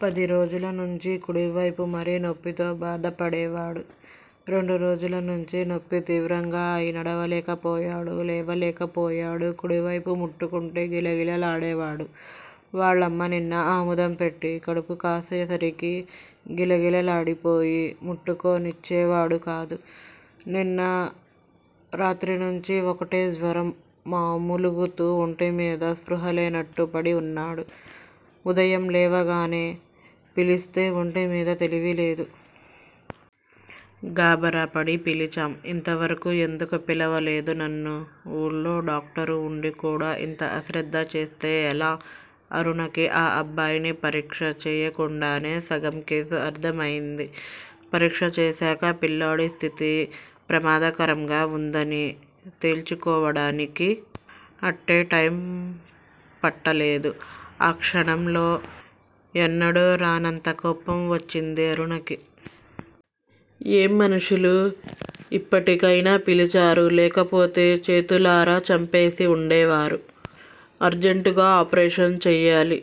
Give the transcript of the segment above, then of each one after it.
పదిరోజులనించి కుడివైపు మరి నొప్పితో బాధపడేవాడు, రెండు రోజులనించి నొప్పి తీవ్రంగా అయినడవలేకపోయాడు. లేవలేకపోయాడు. కుడివైపు ముట్టుకుంటే గిలగిల లాడేవాడు. వాళ్ళమ్మ నిన్న ఆముదం పెట్టి కడుపుకాసెసరికి గిలగిలలాడిపోయి ముట్టుకోనిచ్చేవాడుకాదు. నిన్న రాత్రినించి ఒకటే జ్వరం మ మూలుగుతూ ఒంటిమీద స్పృహలేనట్టుపడి ఉన్నాడు. ఉదయంలేవగానే పిలిస్తే ఒంటిమీద తెలివిలేదు. గాబరాపడి పిలిచాం. ఇంతవరకు ఎందుకు పిలవలేదు నన్ను? ఊళ్ళో డాక్టరు ఉండి కూడా ఇంత అశ్రద్ద చేస్తే ఎలా? అరుణకి ఆ అబ్బాయిని పరీక్ష చేయకుండానే సగం కేసు అర్ధమయింది. పరీక్ష చేశాక పిల్లాడి స్థితి ప్రమాదకరంగా ఉందని తేల్చుకోవడానికి అట్టే టైముపట్టలేదు. ఆ క్షణంలో ఎన్నడూ రానంతకోపం వచ్చింది అరుణకి. ఏం మనుషులు. ఇప్పటికయినా పిలిచారు లేకపోతే చేతులారా చంపేసి ఉండేవారు. అర్జెంటుగా ఆపరేషన్ చేయాలి.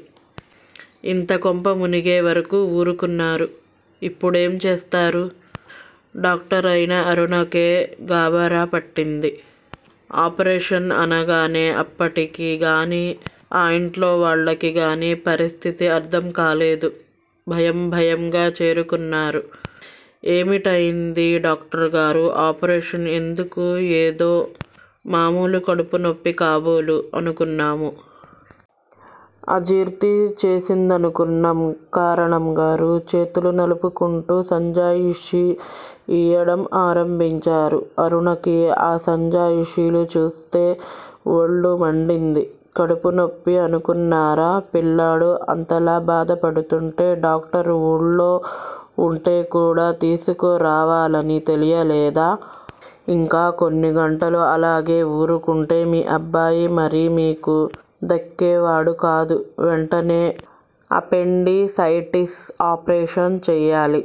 ఇంతకొంపమునిగే వరకు ఊరుకున్నారు. ఇప్పుడేం చేస్తారు? డాక్టరయినా అరుణకే గాభరాపట్టింది. ఆపరేషన్ అనగానే అప్పటికిగాని ఆ ఇంట్లోవాళ్ళకి కానీ పరిస్థితి అర్ధంకాలేదు. భయంభయంగా చేరుకున్నారు. ఏమిటయింది డాక్టరుగారూ? ఆపరేషన్ ఎందుకు? ఏదో మామూలుకడుపునొప్పి కాబోలు అనుకున్నాము. అజీర్తిచేసిందనుకున్నాం కారణంగారు చేతులునలుపుకుంటూ సంజాయిషీ ఈయడం ఆరంభించారు. అరుణకి ఆ సంజాయిషీలు చూస్తే ఒళ్ళు మండింది కడుపు నొప్పి అనుకున్నారా? పిల్లాడు అంతలాబాధపడుతుంటే డాక్టరు ఊళ్ళో ఉంటేకూడా తీసుకురావాలని తెలియలేదా? ఇంకా కొన్ని గంటలు అలాగే ఊరుకుంటే మీ అబ్బాయి మరిమీకు దక్కేవాడుకాదు. వెంటనే అపెండిసైటీస్ ఆపరేషన్ చేయాలి.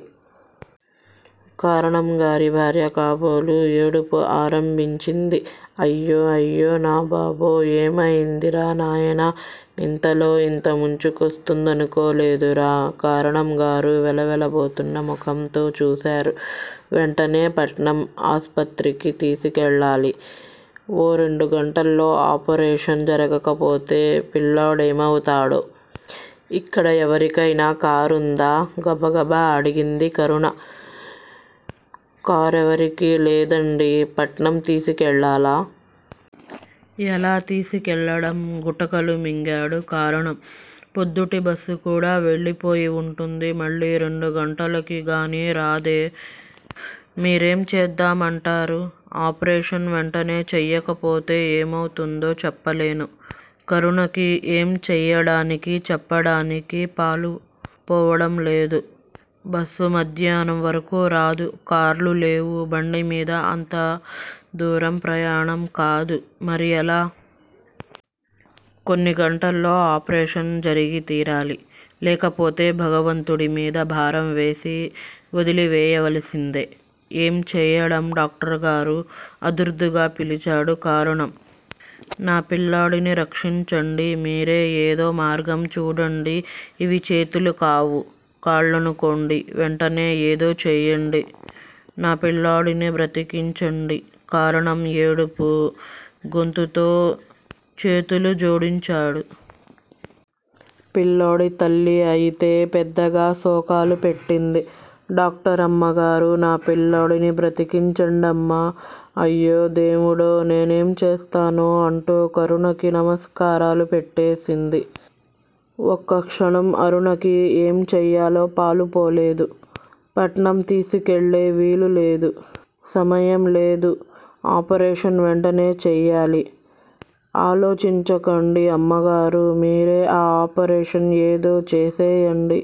కారణంగారి భార్య కాబోలు ఏడుపు ఆరంభించింది అయ్యో అయ్యో నా బాబో ఏమియిందిరా నాయనా ఇంతలో ఇంతముంచుకొస్తుందనుకోలేదురా కారణంగారు వెలవెలబోతున్న ముఖంతో చూశారు. వెంటనేపట్నం ఆస్పత్రికి తీసుకెళ్ళాలి. ఓ రెండు గంటల్లో ఆపరేషన్ జరగకపోతే పిల్లాడేమవుతాడో? ఇక్కడ ఎవరికైనా కారుందా? గబగబా అడిగింది కరుణ. కారెవరికీ లేదండీ పట్నంతీసుకెళ్ళాలా? ఎలాతీసుకెళ్ళడం? గుటకలు మింగాడు కారణం. పోద్దుటిబస్సుకూడా వెళ్ళిపోయి ఉంటుంది. మళ్ళీ రెండు గంటలకి గానీరాదే? మీరేంచేద్దామంటారు? ఆపరేషన్ వెంటనే చెయ్యకపోతే ఏమవుతుందో చెప్పలేను. కరుణకి ఏం చెయ్యడానికి చెప్పడానికి పాలుపోవడంలేదు. బస్సు మధ్యాహ్నం వరకు రాదు. కార్లు లేవు, బండిమీద అంత దూరంప్రయాణం కాదు. మరిఎలా? కొన్ని గంటల్లో ఆపరేషన్ జరిగి తీరాలి లేకపోతే భగవంతుడిమీద భారం వేసి వదిలివేయవలసిందే? ఏం చెయ్యడం? డాక్టరుగారూ: ఆదుర్దాగా పిలిచాడు కరణం. నా పిల్లాడిని రక్షించండి మీరే ఏదో మార్గం చూడండి ఇవి చేతులు కావు. కాళ్ళనుకోండి వెంటనేఏదో చేయండి నాపిల్లాడిని బ్రతికించండి కారణం ఏడుపు గొంతుతో చేతులు జోడించాడు. పిల్లోడి తల్లిఅయితే పెద్దగా శోకాలు పెట్టింది. డాక్టరమ్మగారూ, నా పిల్లాడిని బ్రతికించండమ్మా అయ్యో దేముడోనేనేం చేస్తానో అంటూ కరుణకి నమస్కారాలు పెట్టేసింది. ఒక్కక్షణం అరుణకి ఏం చెయ్యాలో పాలు పోలేదు. పట్నంతీసుకెళ్ళే వీలులేదు. సమయం లేదు. ఆపరేషన్ వెంటనేచెయ్యాలి. ఆలోచించకండి అమ్మగారూ మీరే ఆ ఆపరేషన్ ఏదో చేసెయ్యండి.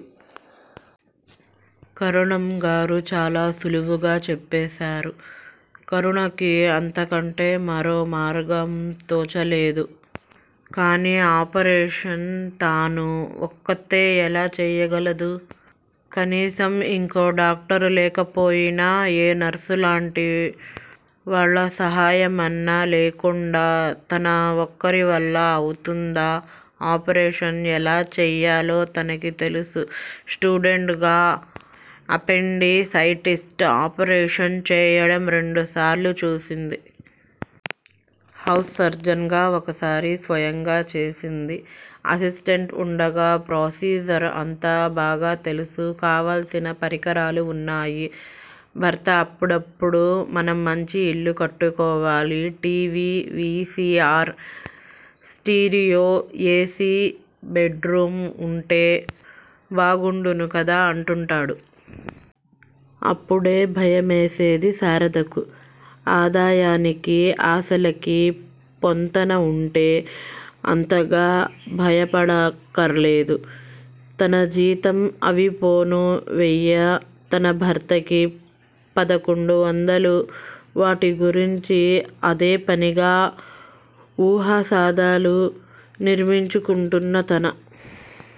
కరణంగారు చాలా సులువుగా చెప్పేశారు. కరుణకి అంతకంటే మరో మార్గంతోచలేదు కానీ ఆపరేషన్ తాను ఒక్కర్తీ ఎలా చేయగలదు? కనీసం ఇంకో డాక్టరు లేకపోయినా ఏ నర్సులాంటి వాళ్ళసహాయమన్నా లేకుండా తన ఒక్కరివల్ల అవుతుందా? ఆపరేషన్ ఎలా చెయ్యాలో తనకి తెలుసు స్టూడెంట్ గా అపెండిసైటిస్ట్ ఆపరేషన్ చేయడం రెండుసార్లు చూసింది. హౌస్ సర్జన్ గా ఒకసారి స్వయంగా చేసింది. అసిస్టెంట్ ఉండగా ప్రొసీజర్ అంతా బాగాతెలుసు కావాల్సిన పరికరాలు ఉన్నాయి. భర్త అప్పుడప్పుడు మనం మంచి ఇల్లు కట్టుకోవాలి T. V, V. C. R stereo A. C. Bedroom ఉంటే బావుండును కదా అంటుంటాడు. అప్పుడే భయమేసేది శారదకు. ఆదాయానికి, ఆశలకి పొంతన ఉంటే అంతగా భయపడక్కర్లేదు. తన జీతం అవిపోను వెయ్యి తన భర్తకి పదకొండు వందలు. వాటి గురించి అదే పనిగా ఊహా సాధాలు నిర్మించుకుంటున్న తన